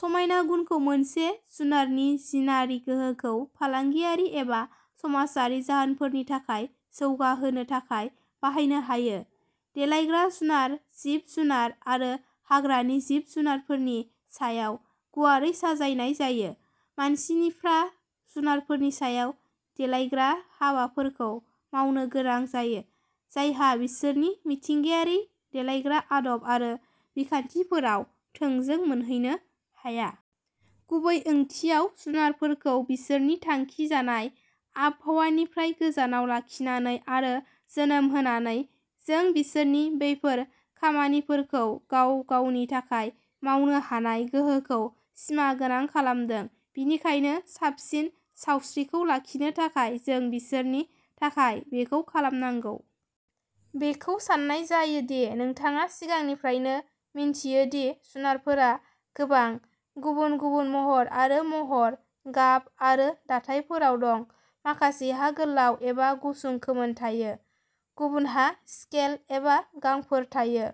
समायना गुनखौ मोनसे जुनारनि जिनारि गोहोखौ फालांगियारि एबा समाजारि जाहोनफोरनि थाखाय जौगाहोनो थाखाय बाहायनो हायो। देलायग्रा जुनार जिब जुनार आरो हाग्रानि जिब जुनारफोरनि सायाव गुवारै साजायनाय जायो। मानसिनिफ्रा जुनारफोरनि सायाव देलायग्रा हाबाफोरखौ मावनो गोनां जायो जायहा बिसोरनि मिथिंगायारि देलायग्रा आदब आरो बिखान्थिफोराव थोंजों मोनहैनो हाया। गुबै ओंथियाव जुनारफोरखौ बिसोरनि थांखिजानाय आबहावानिफ्राय गोजानाव लाखिनानै आरो जोनोम होनानै जों बिसोरनि बेफोर खामानिफोरखौ गाव गावनि थाखाय मावनो हानाय गोहोखौ सिमागोनां खालामदों। बेनिखायनो साबसिन सावस्रिखौ लाखिनो थाखाय जों बिसोरनि थाखाय बेखौ खालामनांगौ। बेखौ सान्नाय जायो दि नोंथाङा सिगांनिफ्रायनो मिथियो दि जुनारफोरा गोबां गुबुन गुबुन महर आरो महर गाब आरो दाथायफोराव दं। माखासेहा गोलाव एबा गुसुं खोमोन थायो गुबुनहा स्केल एबा गांफोर थायो।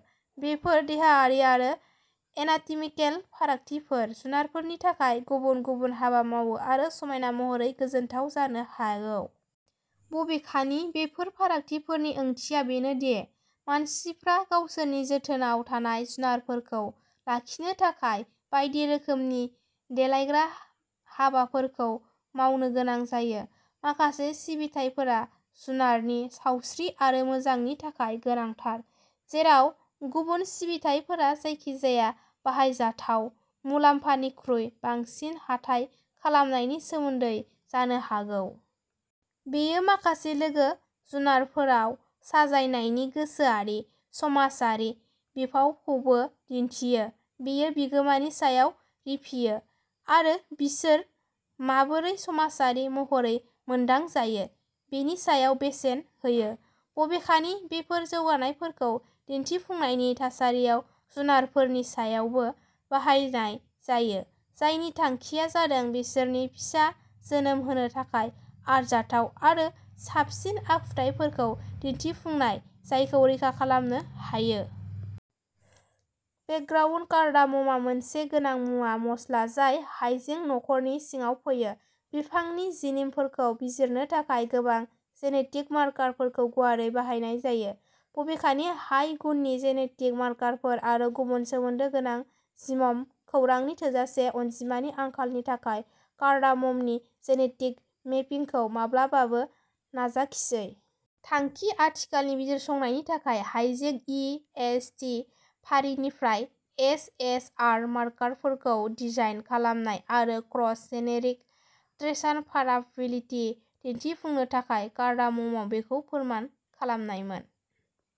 बेफोर देहायारि आरो एनाटमिकेल फारागथिफोरा जुनारफोरनि थाखाय गुबुन गुबुन हाबा मावो आरो समायना महरै गोजोनथाव जानो हागौ। बबेखानि बेफोर फारागथिफोरनि ओंथिया बेनो दि मानसिफ्रा गावसोरनि जोथोनआव थानाय जुनारफोरखौ लाखिनो थाखाय बायदि रोखोमनि देलायग्रा हाबाफोरखौ मावनो गोनां जायो। माखासे सिबिथायफोरा जुनारनि सावस्रि आरो मोजांनि थाखाय गोनांथार जेराव गुबुन सिबिथायफोरा जायखिजाया बाहायजाथाव मुलाम्फानिख्रुइ बांसिन हाथाय खालामनायनि सोमोन्दै जानो हागौ। बेयो माखासे लोगो जुनारफोराव साजायनायनि गोसोआरि समाजारि बिफावखौबो दिन्थियो बेयो बिगोमानि सायाव रिफियो आरो बिसोर माबोरै समाजारि महरै मोनदांजायो बेनि सायाव बेसेन होयो। बबेखानि बेफोर जौगानायफोरखौ दिन्थिफुंनायनि थासारियाव जुनारफोरनि सायावबो बाहायनाय जायो जायनि थांखिया जादों बिसोरनि फिसा जोनोम होनो थाखाय आरजाथाव आरो साबसिन आखुथायफोरखौ दिनथिफुंनाय जायखौ रैखा खालामनो हायो। बेकग्राउन्ड कार्डामम आ मोनसे गोनां मुवा मस्ला जाय हाइजें नखरनि सिङाव फैयो। बिफांनि जिन'मफोरखौ बिजिरनो थाखाय गोबां जेनेटिक मार्कारफोरखौ गुवारै बाहायनाय जायो। बबेखानि हाइ गुननि जेनेटिक मार्कारफोर आरो गुबुन सोमोन्दो गोनां जिन'म खौरांनि थोजासे अनजिमानि आंखालनि थाखाय कार्डाममनि जेनेटिक मेपिंखौ माब्लाबाबो नाजाखिसै। थांखि आथिखालनि बिजिरसंनायनि थांखिया हाइजेंनि इ एस टि फारिनिफ्राय एस एस आर मार्कारफोरखौ डिजाइन खालामनाय आरो क्रस जेनेरिक ट्रेन्सफाराबिलिटि दिनथिफुंनो थाखाय कार्डाम'मआव बेखौ फोरमान खालामनायमोन।